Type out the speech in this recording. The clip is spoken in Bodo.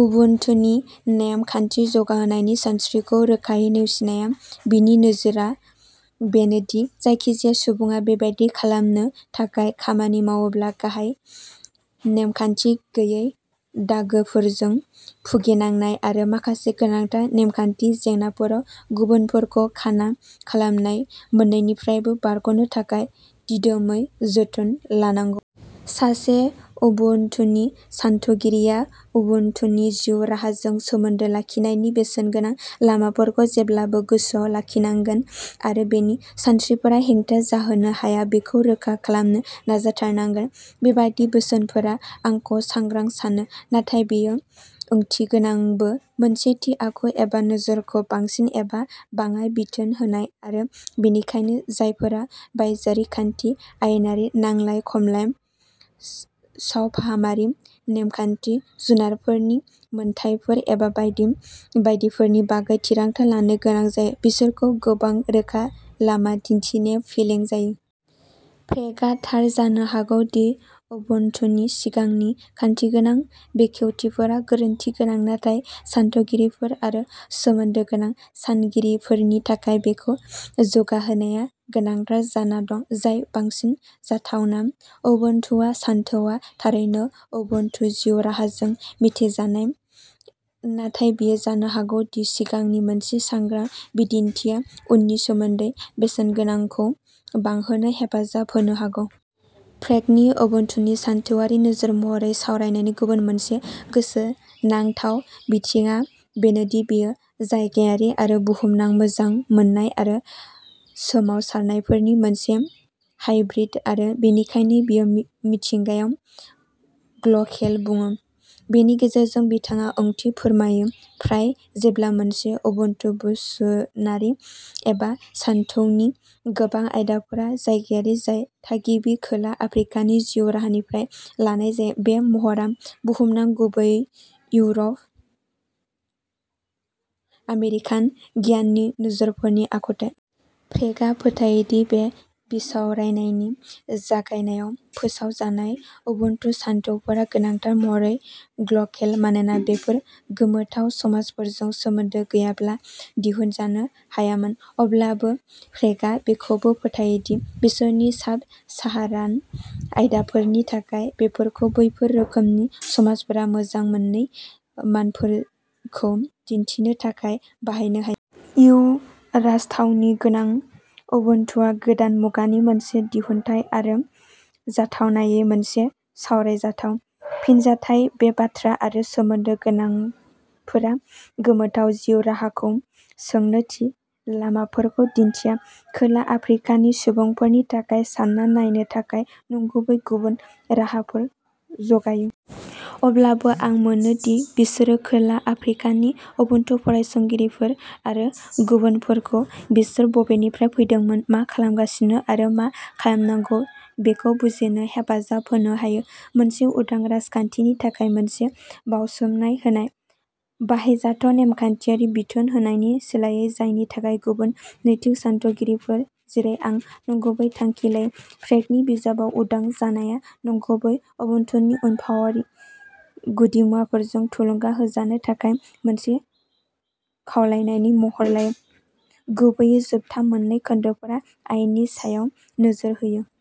उबुन्टुनि नेम खान्थि जौगाहोनायनि सानस्रिखौ रोखायै नेवसिनाया। बिनि नोजोरआ बेनो दि जायखिजाया सुबुङा बेबादि खालामनो थाखाय खामानि मावोब्ला गाहाय नेमखान्थि गैयै दागोफोरजों भुगिनांनाय आरो माखासे गोनांथार नेमखान्थि जेंनाफोराव गुबुनफोरखौ खाना खालामनाय मोननैनिफ्रायबो बारग'नो थाखाय दिदोमै जोथोन लानांगौ। सासे उबुन्टुनि सानथौगिरिया उबुन्टुनि जिउ राहाजों सोमोन्दो लाखिनायनि बेसेनगोनां लामाफोरखौ जेब्लाबो गोसोआव लाखिनांगोन आरो बिनि सानस्रिफोरा हेंथा जाहोनो हाया बेखौ रोखा खालामनो नाजाथारनांगोन। बेबादि बोसोनफोरा आंखौ सांग्रां सानो। नाथाय बेयो ओंथिगोनांबो, मोनसे थि आखु एबा नोजोरखौ बांसिन एबा बाङाय बिथोन होनाय आरो बेनिखायनो जायफोरा बायजोआरि खान्थि, आयेनारि नांलाय खमलाय, सावफाहामारि नेमखान्थि, जुनारफोरनि मोनथायफोर एबा बायदि बायदिफोरनि बागै थिरांथा लानो गोनां जायो, बिसोरखौ गोबां रोखा लामा दिन्थिनायाव फेलें जायो। प्रेगआ थार जानो हागौ दि उबुन्टुनि सिगांनि खान्थिगोनां बेखेवथिफोरा गोरोन्थि गोनां, नाथाय सानथौगिरिफोर आरो सोमोन्दो गोनां सानगिरिफोरनि थाखाय बेखौ जौगाहोनाया गोनांथार जाना दं जाय बांसिन जाथावना। उबुन्टुआ सानथौआ थारैनो उबुन्टु जिउ-राहाजों मिथिजानाय, नाथाय बेयो जानो हागौ दि सिगांनि मोनसे सांग्रा बिदिन्थिआ उननि सोमोन्दै बेसेनगोनांखौ बांहोनो हेफाजाब होनो हागौ। प्रेगनि उबुन्टुनि सानथौआरि नोजोर महरै सावरायनायनि गुबुन मोनसे गोसोनांथाव बिथिंआ बेनो दि बेयो जायगायारि आरो बुहुमनां मोजां मोननाय आरो सोमावसारनायफोरनि मोनसे हाइब्रिद आरो बेनिखायनो बियो मिथिंगायाव "ग्ल'केल" बुङो। बेनि गेजेरजों बिथाङा ओंथि फोरमायो, फ्राय जेब्ला मोनसे उबुन्टु बोसोनारि एबा सानथौनि गोबां आयदाफोरा जायगायारि, जाय थागिबि खोला आफ्रिकानि जिउ-राहानिफ्राय लानाय जायो, बे महरआ बुहुमनां, गुबैयै इउर' आमेरिकान गियाननि नोजोरफोरनि आखुथाय। प्रेगआ फोथायो दि बे बिसावरायनायनि जागायनायाव फोसाव जानाय उबुन्टु सानथौफोरा गोनांथार महरै ग्ल'केल मानोना बेफोर गोमोथाव समाजफोरजों सोमोन्दो गैयाब्ला दिहुनजानो हायामोन। अब्लाबो प्रेगआ बेखौबो फोथायो दि, बिसोरनि साब-साहारान आयदाफोरनि थाखाय, बेफोरखौ बैफोर रोखोमनि समाजफोरा मोजां मोनै मानफोरखौ दिन्थिनो थाखाय बाहायनो हायो। "इउ" राजथावनि गोनां उबुन्टुआ गोदान मुगानि मोनसे दिहुनथाय आरो जाथावनायै मोनसे सावरायजाथाव फिनजाथाय। बे बाथ्रा आरो सोमोन्दो गोनांफोरा गोमोथाव जिउ राहाखौ सोंनो थि लामाफोरखौ दिन्थिया, खोला आफ्रिकानि सुबुंफोरनि थाखाय सानना नायनो थाखाय नंगुबै गुबुन राहाफोर जगायो। अब्लाबो, आं मोनो दि बिसोरो खोला आफ्रिकानि उबुन्टु फरायसंगिरिफोर आरो गुबुनफोरखौ बिसोर बबेनिफ्राय फैदोंमोन, मा खालामगासिनो आरो मा खालामनांगौ बेखौ बुजिनो हेफाजाब होनो हायो मोनसे उदां राजखान्थिनि थाखाय मोनसे बाउसोमनाय होनाय। बाहायजाथाव, नेमखान्थिारि बिथोन होनायनि सोलायै, जायनि थाखाय गुबुन नैतिक सानथौगिरिफोर, जेरै आं, गुबैयै थांखि लायो, प्रेगनि बिजाबाव उदां जानाया गुबैयै उबुन्टुनि अनफावरि गुदिमुवाफोरजों थुलुंगा होजानो थाखाय मोनसे खावलायनायनि महर लायो। गुबैयै, जोबथा मोन्नै खोन्दोफोरा आयेननि सायाव नोजोर होयो।